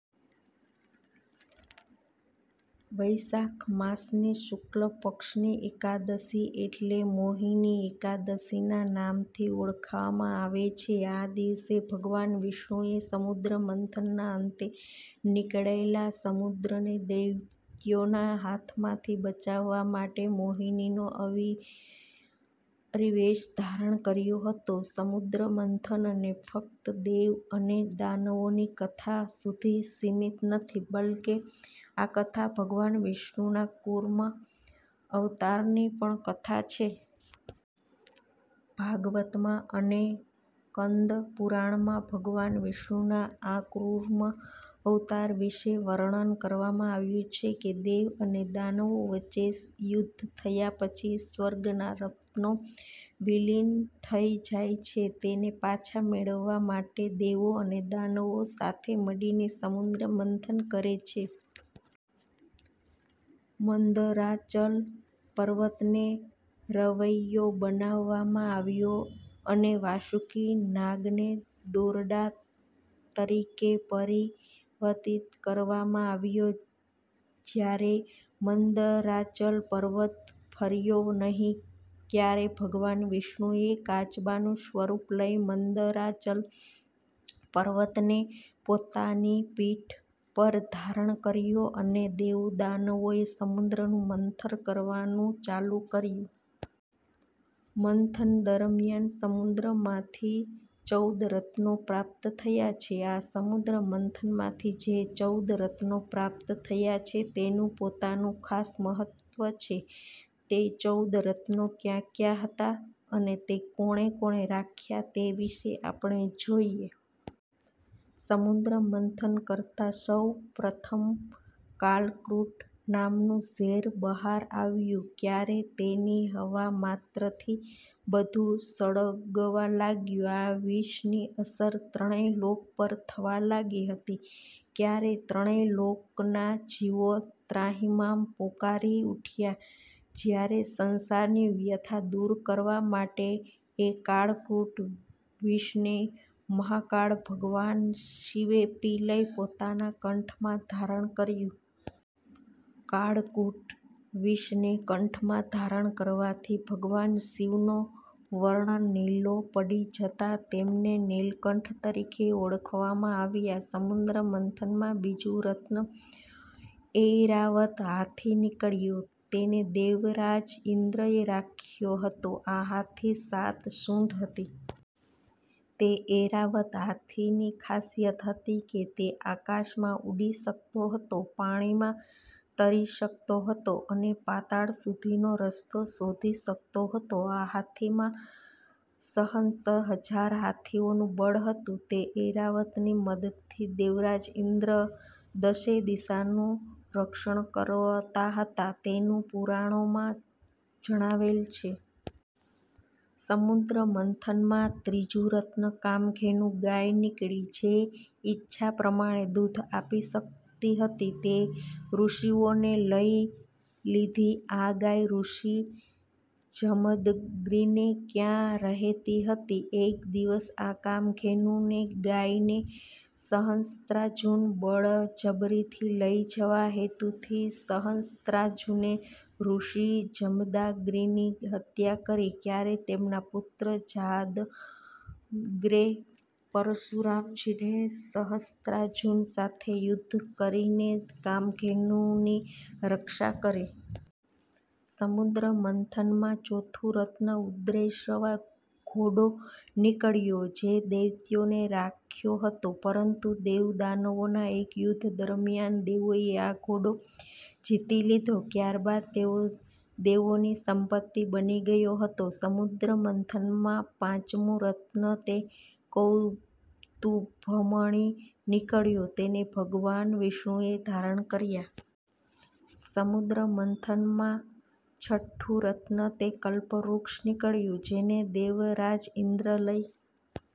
વૈશાખ માસની શુક્લ પક્ષની એકાદશી એટલે 'મોહિની એકાદશી'ના નામથી ઓળખવામાં આવે છે. આ દિવસે ભગવાન વિષ્ણુએ સમુદ્ર મંથનના અંતે નીકળેલા અમૃતને દૈત્યોના હાથમાંથી બચાવવા માટે મોહિનીનો પરિવેશ ધારણ કર્યો હતો. સમુદ્ર મંથન એ ફક્ત દેવ અને દાનવોની કથા સુધી સીમિત નથી બલ્કે આ કથા ભગવાન વિષ્ણુનાં કૂર્મ અવતારની પણ કથા છે. ભાગવતમાં અને સ્કંદ પુરાણમાં ભગવાન વિષ્ણુનાં આ કૂર્મ અવતાર વિષે વર્ણન કરવામાં આવ્યું છે. દેવ અને દાનવો વચ્ચે યુદ્ધ થયા પછી સ્વર્ગના રત્નો વિલીન થઈ જાય છે. તેને પાછા મેળયવવા માટે દેવો અને દાનવો સાથે મળીને સમુદ્રમંથન કરે છે. મંદરાચલ પર્વતને રવૈયો બનાવવામાં આવ્યો અને વાસુકી નાગને દોરડાં તરીકે પરિવર્તિત કરવામાં આવ્યો. જ્યારે મંદરાચલ પર્વત ફર્યો નહીં ત્યારે ભગવાન વિષ્ણુએ કાચબાનું સ્વરૂપ લઈ મંદરાચલ પર્વતને પોતાની પીઠ પર ધારણ કર્યો અને દેવો-દાનવોએ સમુદ્રનું મંથન કરવાનું ચાલું કર્યું. મંથન દરમ્યાન સમુદ્રમાંથી ચૌદ રત્નો પ્રાપ્ત થયાં છે. આ સમુદ્ર મંથનમાંથી જે ચૌદ રત્નો પ્રાપ્ત થયાં છે તેનું પોતાનું ખાસ મહત્વ છે તે ચૌદ રત્નો ક્યા ક્યા હતા અને તે કોણે કોણે રાખ્યા તે વિષે આપણે જોઈએ. સમુદ્રમંથન કરતા સૌ પ્રથમ કાલકૂટ નામનું ઝેર બહાર આવ્યું ત્યારે તેની હવામાત્રથી બધું સળગવા લાગ્યું. આ વિષની અસર ત્રણેય લોક પર થવા લાગી હતી ત્યારે ત્રણેય લોકનાં જીવો ત્રાહિમામ પોકારી ઉઠ્યા ત્યારે સંસારની વ્યથા દૂર કરવા માટે એ કાળકૂટ વિષને મહાકાળ ભગવાન શિવે પી લઇ પોતાના કંઠમાં ધારણ કર્યું. કાળકૂટ વિષને કંઠમાં ધારણ કરવાથી ભગવાન શિવનો વર્ણ નીલો પડી જતાં તેમને નીલકંઠ તરીકે ઓળખવામાં આવ્યાં. સમુદ્ર મંથન માં બીજું રત્ન ઐરાવત હાથી નીકળ્યો તેને દેવરાજ ઈન્દ્રએ રાખ્યો હતો. આ હાથીને સાત સૂંઢ હતી. તે ઐરાવત હાથીની ખાસિયત હતી કે તે આકાશમાં ઉડી શકતો હતો, પાણીમાં તરી શકતો હતો અને પાતાળ સુધીનો રસ્તો શોધી શકતો હતો આ હાથીમાં સહસ્ત્રહજાર હાથીઓનું બળ હતું. તે ઐરાવતની મદદથી દેવરાજ ઈન્દ્ર દશે દિશાનું રક્ષણ કરતા હતાં તેવું પુરાણોમાં જણાવેલ છે. સમુદ્ર મંથન માં ત્રીજું રત્ન કામધેનુ ગાય નીકળી જે ઈચ્છા પ્રમાણે દૂધ, આપી શકતી હતી તે ઋષીઓને લઈ લીધી આ ગાય ઋષિ જમદગ્નિને ત્યાં રહેતી હતી એક દિવસ આ કામધેનુને ગાયને સહસ્ત્રાર્જુન બળજબરીથી લઈ જવા હેતુથી સહસ્ત્રાર્જુને ઋષિ જમદાગ્નિની હત્યા કરી ત્યારે તેમના પુત્ર જામદગ્નૈ પરશુરામજીએ સહસ્ત્રાર્જુન સાથે યુદ્ધ કરીને કામધેનુની રક્ષા કરી. સમુદ્ર મંથન માં ચોથું રત્ન ઉચ્ચૈઃશ્રવા ઘોડો નિકળ્યો જે દૈત્યોએ રાખ્યો હતો. પરંતુ દેવ-દાનવોના એક યુધ્ધ દરમ્યાન દેવોએ આ ઘોડો જીતી લીધો ત્યારબાદ તે દેવોની સંપતિ બની ગયો હતો. સમુદ્ર મંથનમાં પાંચમું રત્ન તે કૌસ્તુભમણિ નીકળ્યો જેને ભગવાન વિષ્ણુએ ધારણ કર્યો. સમુદ્ર મંથન માં છઠ્ઠું રત્ન તે કલ્પવૃક્ષ નીકળ્યું જેને દેવરાજ ઇન્દ્ર લઈ